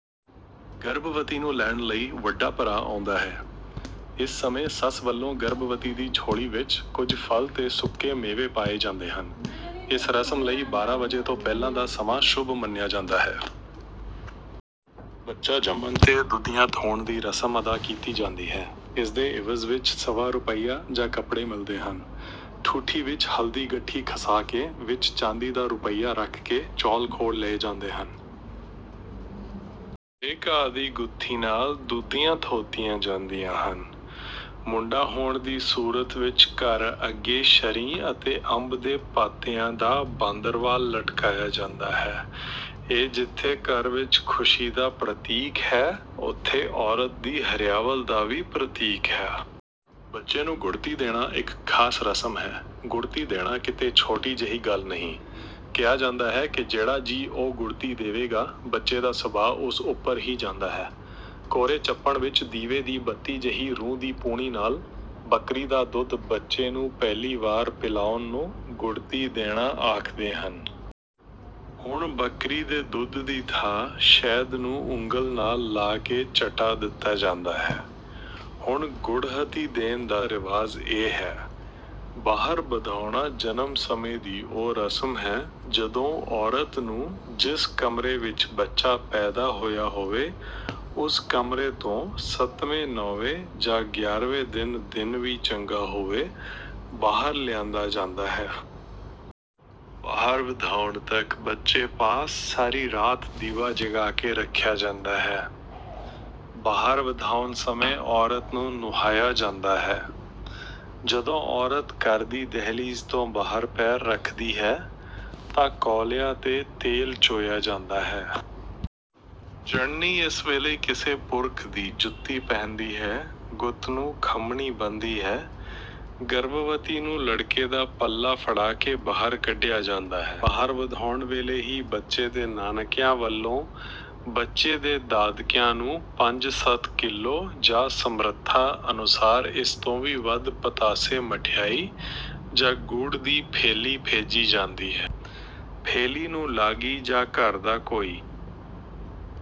ਗਰਭਵਤੀ ਨੂੰ ਲੈਣ ਲਈ ਵੱਡਾ ਭਰਾ ਆਉਂਦਾ ਹੈ। ਇਸ ਸਮੇਂ ਸੱਸ ਵੱਲੋਂ ਗਰਭਵਤੀ ਦੀ ਝੋਲੀ ਵਿੱਚ ਕੁਝ ਫਲ ਤੇ ਸੁੱਕੇ ਮੇਵੇ ਪਾਏ ਜਾਂਦੇ ਹਨ। ਇਸ ਰਸਮ ਲਈ ਬਾਰਾਂ ਵਜੇ ਤੋਂ ਪਹਿਲਾਂ ਦਾ ਸਮਾਂ ਸ਼ੁਭ ਮੰਨਿਆ ਜਾਂਦਾ ਹੈ। ਬੱਚਾ ਜੰਮਣ ਤੇ ਦੁਧੀਆਂ ਧੋਣ ਦੀ ਰਸਮ ਅਦਾ ਕੀਤੀ ਜਾਂਦੀ ਹੈ। ਇਸ ਦੇ ਇਵਜ਼ ਵਿੱਚ ਸਵਾ ਰੁਪਈਆ ਜਾਂ ਕੱਪੜੇ ਮਿਲਦੇ ਹਨ। ਠੂਠੀ ਵਿੱਚ ਹਲਦੀ ਗੱਠੀ ਘਸਾ ਕੇ ਵਿੱਚ ਚਾਂਦੀ ਦਾ ਰੁਪਈਆ ਰੱਖ ਕੇ ਚੌਲ਼ ਘੋਲ਼ ਲਏ ਜਾਂਦੇ ਹਨ। ਹਰੇ ਘਾਹ ਦੀ ਗੁੱਥੀ ਨਾਲ਼ ਦੁਧੀਆਂ ਧੋਤੀਆਂ ਜਾਂਦੀਆਂ ਹਨ। ਮੁੰਡਾ ਹੋਣ ਦੀ ਸੂਰਤ ਵਿੱਚ ਘਰ ਅੱਗੇ ਸ਼ਰੀਂਹ ਅਤੇ ਅੰਬ ਦੇ ਪੱਤਿਆਂ ਦਾ ਬਾਂਦਰਵਾਲ ਲਟਕਾਇਆ ਜਾਂਦਾ ਹੈ। ਇਹ ਜਿੱਥੇ ਘਰ ਵਿੱਚ ਖੁਸ਼ੀ ਦਾ ਪ੍ਰਤੀਕ ਹੈ ਉੱਥੇ ਔਰਤ ਦੀ ਹਰਿਆਵਲ ਦਾ ਵੀ ਪ੍ਰਤੀਕ ਹੈ। ਬੱਚੇ ਨੂੰ ਗੁੜ੍ਹਤੀ ਦੇਣਾ ਇੱਕ ਖਾਸ ਰਸਮ ਹੈ। ਗੁੜ੍ਹਤੀ ਦੇਣਾ ਕਿਤੇ ਛੋਟੀ ਜਿਹੀ ਗੱਲ ਨਹੀਂ। ਕਿਹਾ ਜਾਂਦਾ ਹੈ ਕਿ ਜਿਹੜਾ ਜੀਅ ਗੁੜ੍ਹਤੀ ਦੇਵੇਗਾ ਬੱਚੇ ਦਾ ਸੁਭਾਅ ਉਸ ਉੱਪਰ ਹੀ ਜਾਂਦਾ ਹੈ। ਕੋਰੇ ਚੱਪਣ ਵਿੱਚ ਦੀਵੇ ਦੀ ਬੱਤੀ ਜਿਹੀ ਰੂੰ ਦੀ ਪੂਣੀ ਨਾਲ਼ ਬੱਕਰੀ ਦਾ ਦੁੱਧ ਬੱਚੇ ਨੂੰ ਪਹਿਲੀ ਵਾਰ ਪਿਲਾਉਣ ਨੂੰ ਗੁੜ੍ਹਤੀ ਦੇਣਾ ਆਖਦੇ ਹਨ। ਹੁਣ ਬੱਕਰੀ ਦੇ ਦੁੱਧ ਦੀ ਥਾਂ ਸ਼ਹਿਦ ਨੂੰ ਉਂਗਲ ਨਾਲ਼ ਲਾ ਕੇ ਚਟਾ ਦਿੱਤਾ ਜਾਂਦਾ ਹੈ। ਹੁਣ ਗੁੜ੍ਹਤੀ ਦੇਣ ਦਾ ਰਿਵਾਜ ਇਹ ਹੈ। ਬਾਹਰ ਵਧਾਉਣਾ ਜਨਮ ਸਮੇਂ ਦੀ ਉਹ ਰਸਮ ਹੈ ਜਦੋਂ ਔਰਤ ਨੂੰ ਜਿਸ ਕਮਰੇ ਵਿੱਚ ਬੱਚਾ ਪੈਦਾ ਹੋਇਆ ਹੋਵੇ ਉਸ ਕਮਰੇ ਤੋਂ ਸੱਤਵੇਂ ਨੌਵੇਂ ਜਾਂ ਗਿਆਰ੍ਹਵੇਂ ਦਿਨ ਦਿਨ ਵੀ ਚੰਗਾ ਹੋਵੇ ਬਾਹਰ ਲਿਆਂਦਾ ਜਾਂਦਾ ਹੈ। ਬਾਹਰ ਵਧਾਉਣ ਤੱਕ ਬੱਚੇ ਪਾਸ ਸਾਰੀ ਰਾਤ ਦੀਵਾ ਜਗਾ ਕੇ ਰੱਖਿਆ ਜਾਂਦਾ ਹੈ। ਬਾਹਰ ਵਧਾਉਣ ਸਮੇਂ ਔਰਤ ਨੂੰ ਨੁਹਾਇਆ ਜਾਂਦਾ ਹੈ। ਜਦੋਂ ਔਰਤ ਘਰ ਦੀ ਦਹਿਲੀਜ਼ ਤੋਂ ਬਾਹਰ ਪੈਰ ਰੱਖਦੀ ਹੈ ਤਾਂ ਕੌਲਿਆਂ ਤੇ ਤੇਲ ਚੋਇਆ ਜਾਂਦਾ ਹੈ। ਜਣਨੀ ਇਸ ਵੇਲੇ ਕਿਸੇ ਪੁਰਖ ਦੀ ਜੁੱਤੀ ਪਹਿਨਦੀ ਹੈ ਗੁੱਤ ਨੂੰ ਖੰਮ੍ਹਣੀ ਬੰਨ੍ਹਦੀ ਹੈ। ਗਰਭਵਤੀ ਨੂੰ ਲੜਕੇ ਦਾ ਪੱਲਾ ਫੜਾ ਕੇ ਬਾਹਰ ਕੱਢਿਆ ਜਾਂਦਾ ਹੈ। ਬਾਹਰ ਵਧਾਉਣ ਵੇਲੇ ਹੀ ਬੱਚੇ ਦੇ ਨਾਨਕਿਆਂ ਵੱਲੋਂ ਬੱਚੇ ਦੇ ਦਾਦਕਿਆਂ ਨੂੰ ਪੰਜ ਸੱਤ ਕਿੱਲੋ ਜਾਂ ਸਮਰੱਥਾ ਅਨੁਸਾਰ ਇਸ ਤੋਂ ਵੀ ਵੱਧ ਪਤਾਸੇ ਮਠਿਆਈ ਜਾਂ ਗੁੜ ਦੀ ਭੇਲੀ ਭੇਜੀ ਜਾਂਦੀ ਹੈ। ਭੇਲੀ ਨੂੰ ਲਾਗੀ ਜਾਂ ਘਰ ਦਾ ਕੋਈ